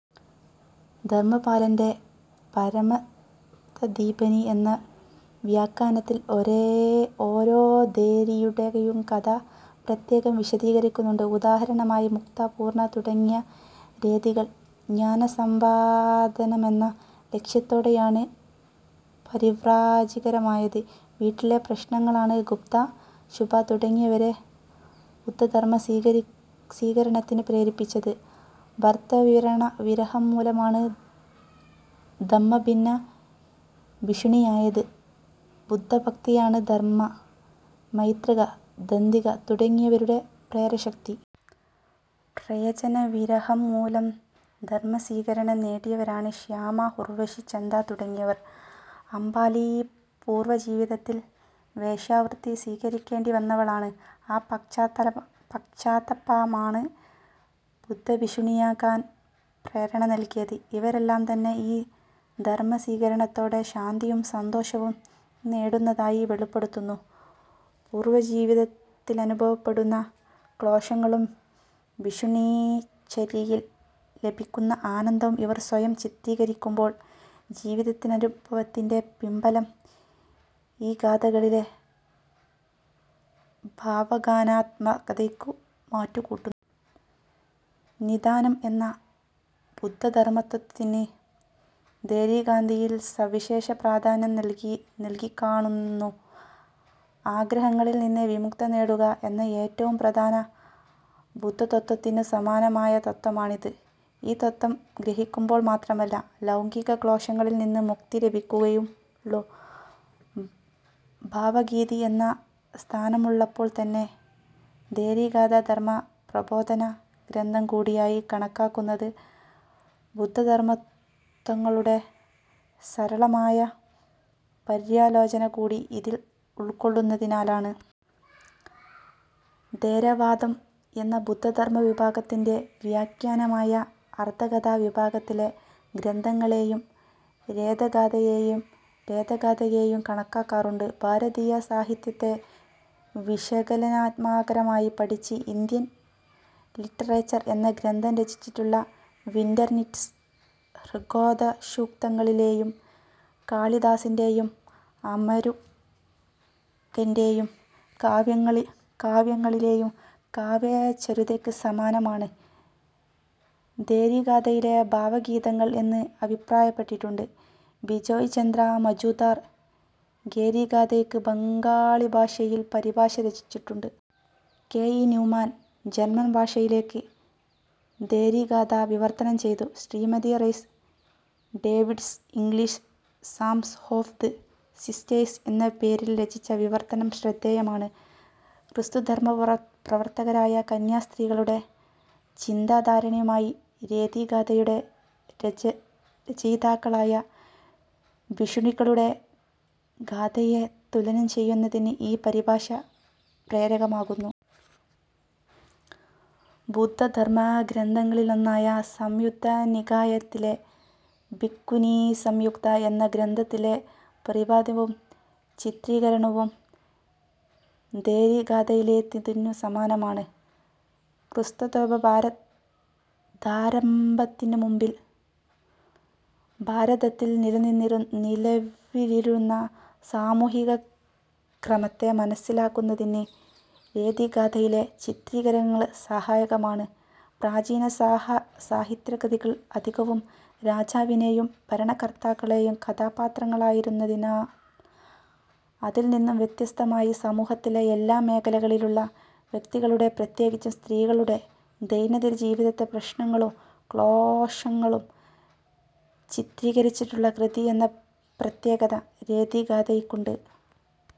ധർമപാലന്റെ പരമത്ഥദീപനി എന്ന വ്യാഖ്യാനത്തിൽ ഓരോ ഥേരിയുടെയും കഥ പ്രത്യേകം വിശദീകരിക്കുന്നുണ്ട്. ഉദാഹരണമായി മുക്ത, പൂർണ തുടങ്ങിയ ഥേരികൾ ജ്ഞാനസമ്പാദനമെന്ന ലക്ഷ്യത്തോടെയാണ് പരിവ്രാജികമാരായത്. വീട്ടിലെ പ്രശ്നങ്ങളാണ് ഗുപ്ത, ശുഭ തുടങ്ങിയവരെ ബുദ്ധധർമ സ്വീകരണത്തിനു പ്രേരിപ്പിച്ചത്. ഭർതൃവിരഹം മൂലമാണ് ധമ്മഭിന്ന ഭിക്ഷുണിയായത്. ബുദ്ധഭക്തിയാണ് ധമ്മ, മൈത്രക, ദന്തിക തുടങ്ങിയവരുടെ പ്രേരകശക്തി. പ്രിയജനവിരഹംമൂലം ധർമസ്വീകരണം നേടിയവരാണ് ശ്യാമ, ഉർവരി, ചന്ദ തുടങ്ങിയവർ. അംബാലി പൂർവജീവിതത്തിൽ വേശ്യാവൃത്തി സ്വീകരിക്കേണ്ടിവന്നവളാണ്. ആ പശ്ചാത്താപമാണ് ബുദ്ധഭിക്ഷുണിയാകാൻ പ്രേരണ നല്കിയത്. ഇവരെല്ലാംതന്നെ ഈ ധർമസ്വീകരണത്തോടെ ശാന്തിയും സന്തോഷവും നേടുന്നതായി വെളിപ്പെടുത്തുന്നു. പൂർവജീവിതത്തിലനുഭവപ്പെടുന്ന ക്ലേശങ്ങളും ഭിക്ഷുണീചര്യയിൽ ലഭിക്കുന്ന ആനന്ദവും ഇവർ സ്വയം ചിത്രീകരിക്കുമ്പോൾ ജീവിതാനുഭവത്തിന്റെ പിൻബലം ഈ ഗാഥകളിലെ ഭാവഗാനാത്മകതയ്ക്കു മാറ്റുകൂട്ടുന്നു. 'നിദാനം' എന്ന ബുദ്ധധർമതത്ത്വത്തിന് ഥേരീഗാഥയിൽ സവിശേഷ പ്രാധാന്യം നല്കിക്കാണുന്നു. ആഗ്രഹങ്ങളിൽനിന്ന് വിമുക്തി നേടുക എന്ന ഏറ്റവും പ്രധാന ബുദ്ധതത്ത്വത്തിനു സമാനമായ തത്ത്വമാണിത്. ഈ തത്ത്വം ഗ്രഹിക്കുമ്പോൾ മാത്രമേ ലൗകിക ക്ലേശങ്ങളിൽനിന്ന് മുക്തി ലഭിക്കുകയുള്ളൂ. ഭാവഗീതി എന്ന സ്ഥാനമുള്ളപ്പോൾത്തന്നെ ഥേരീഗാഥ ധർമപ്രബോധന ഗ്രന്ഥം കൂടിയായി കണക്കാക്കുന്നത് ബുദ്ധധർമതത്ത്വങ്ങളുടെ സരളമായ പര്യാലോചനകൂടി ഇത് ഉൾ ക്കൊള്ളുന്നതിനാലാണ്. ഥേരവാദം എന്ന ബുദ്ധധർമ വിഭാഗത്തിന്റെ വ്യാഖ്യാനമായ അർഥകഥാ വിഭാഗത്തിലെ ഗ്രന്ഥങ്ങളായും ഥേരഗാഥയേയും ഥേരീഗാഥയേയും കണക്കാക്കാറുണ്ട്. ഭാരതീയ സാഹിത്യത്തെ വിശകലനാത്മകമായി പഠിച്ച് ഇന്ത്യൻ ലിറ്ററേച്ചർ എന്ന ഗ്രന്ഥം രചിച്ചിട്ടുള്ള വിന്റർനിറ്റ്സ് ഋഗ്വേദസൂക്തങ്ങളിലെയും കാളിദാസന്റെയും അമരുകന്റെയും കാവ്യങ്ങളിലെയും കാവ്യചാരുതയ്ക്കു സമാനമാണ് ഥേരീഗാഥയിലെ ഭാവഗീതങ്ങൾ എന്ന് അഭിപ്രായപ്പെട്ടിട്ടുണ്ട്. ബിജോയ് ചന്ദ്ര മജൂംദാർ ഥേരീഗാഥയ്ക്ക് ബംഗാളിഭാഷയിൽ പരിഭാഷ രചിച്ചിട്ടുണ്ട്. കെ. ഇ. ന്യൂമാൻ ജർമൻഭാഷയിലേക്ക് ഥേരീഗാഥ വിവർത്തനം ചെയ്തു. ശ്രീമതി റൈസ് ഡേവിഡ്സ് ഇംഗ്ലീഷിൽ സാംസ് ഒഫ് ദ് സിസ്റ്റേഴ്സ് എന്ന പേരിൽ രചിച്ച വിവർത്തനം ശ്രദ്ധേയമാണ്. ക്രിസ്തുധർമ പ്രവർത്തകരായ കന്യാസ്ത്രീകളുടെ ചിന്താധാരയുമായി ഥേരീഗാഥയുടെ രചയിതാക്കളായ ഭിക്ഷുണികളുടെ ഗാഥയെ തുലനം ചെയ്യുന്നതിന് ഈ പരിഭാഷ പ്രേരകമാകുന്നു. ബുദ്ധധർമഗ്രന്ഥങ്ങളിലൊന്നായ സംയുത്തനികായത്തിലെ ഭിക്ഖുനീസംയുത്ത എന്ന ഗ്രന്ഥത്തിലെ പ്രതിപാദ്യവും ചിത്രീകരണവും ഥേരീഗാഥയിലേതിനു സമാനമാണ്. ക്രിസ്ത്വബ്ദാരംഭത്തിനുമുമ്പ് ഭാരതത്തിൽ നിലവിലിരുന്ന സാമൂഹികക്രമത്തെ മനസ്സിലാക്കുന്നതിന് ഥേരീഗാഥയിലെ ചിത്രീകരണങ്ങൾ സഹായകമാണ്. പ്രാചീന സാഹിത്യകൃതികൾ അധികവും രാജാവിനെയും ഭരണകർത്താക്കളെയും കഥാപാത്രങ്ങളാക്കിയിരുന്നതിനാൽ അതിൽനിന്നു വ്യത്യസ്തമായി സമൂഹത്തിലെ എല്ലാ മേഖലകളിലുമുള്ള വ്യക്തികളുടെ-പ്രത്യേകിച്ചും സ്ത്രീകളുടെ-ദൈനംദിന ജീവിതപ്രശ്നങ്ങളും ക്ലേശങ്ങളും ചിത്രീകരിച്ചിട്ടുള്ള കൃതി എന്ന പ്രത്യേകത ഥേരീഗാഥയ്ക്കുണ്ട്.